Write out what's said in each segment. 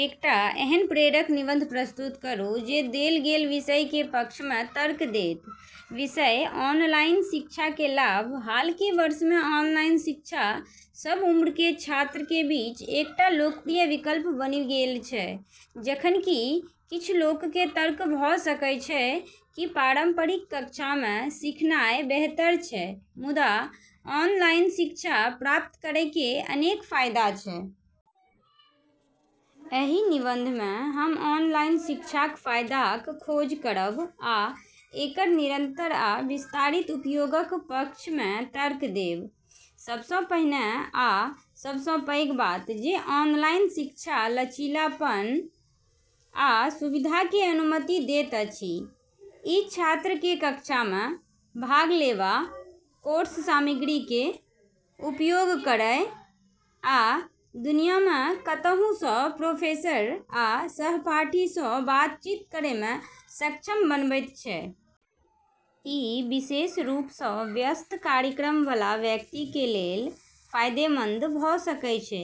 एकटा एहन प्रेरक निबंध प्रस्तुत करू जे देल गेल विषयके पक्षमे तर्क देत। विषय: ऑनलाइन शिक्षाके लाभ - हालके वर्षमे ऑनलाइन शिक्षा सब उम्रके छात्रके बीच एकटा लोकप्रिय विकल्प बनि गेल छै। जखन कि किछ लोकके तर्क भ' सकै छै कि पारंपरिक कक्षामे सिखनाइ बेहतर छै, मुदा ऑनलाइन शिक्षा प्राप्त करैके अनेक फाइदा छै। एहि निबंधमे हम ऑनलाइन शिक्षाक फाइदाक खोज करब आ एकर निरंतर आ विस्तारित उपयोगक पक्षमे तर्क देब। सबसँ पहिने आ सबसँ पैघ बात जे ऑनलाइन शिक्षा लचीलापन आ सुविधाके अनुमति दैत अछि। ई छात्रके कक्षामे भाग लेवा, कोर्स सामग्रीके उपयोग करय, आ दुनियामे कतहुसँ प्रोफेसर आ सहपाठीसँ बातचीत करेमे सक्षम बनबैत छै. ई विशेष रूपसँ व्यस्त कार्यक्रमबला व्यक्तिके लेल फाइदेमंद भ' सकै छै,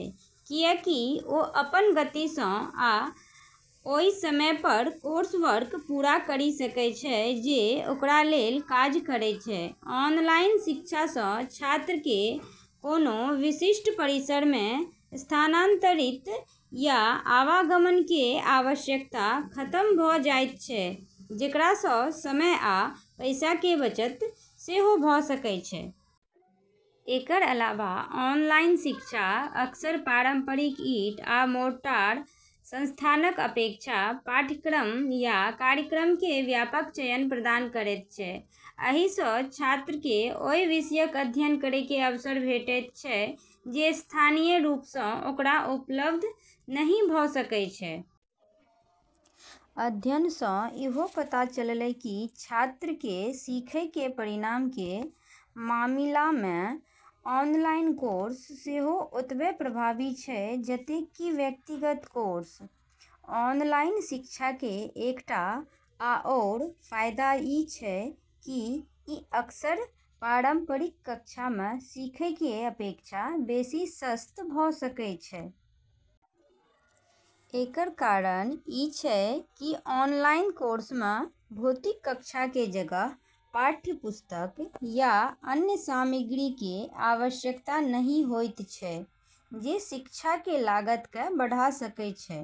किएकि ओ अपन गतिसँ आ ओइ समय पर कोर्सवर्क पूरा करि सकै छै जे ओकरा लेल काज करै छै। ऑनलाइन शिक्षासँ छात्रके कोनो विशिष्ट परिसरमे स्थानांतरित या आवागमनके आवश्यकता खतम भ' जाइत छै, जेकरासँ समय आ पैसाके बचत सेहो भ' सकै छै। एकर अलावा ऑनलाइन शिक्षा अक्सर पारंपरिक ईंट आ मोर्टार संस्थानक अपेक्षा पाठ्यक्रम आ कार्यक्रमके व्यापक चयन प्रदान करैत छै। अइसँ छात्रके ओइ विषयक अध्ययन करैके अवसर भेटैत छै जे स्थानीय रूपसँ ओकरा उपलब्ध नहि भ' सकै छै। अध्ययनसँ इहो पता चललै कि छात्रके सिखैके परिणामके मामिलामे ऑनलाइन कोर्स सेहो ओतबै प्रभावी छै जतेक कि व्यक्तिगत कोर्स। ऑनलाइन शिक्षाके एकटा आओर फाइदा ई छै कि ई अक्सर पारंपरिक कक्षामे सिखैके अपेक्षा बेशी सस्त भ' सकै छै। एकर कारण ई छै कि ऑनलाइन कोर्समे भौतिक कक्षाके जगह, पाठ्यपुस्तक, या अन्य सामग्रीके आवश्यकता नहि होइत छै जे शिक्षाके लागतके बढ़ा सकै छै।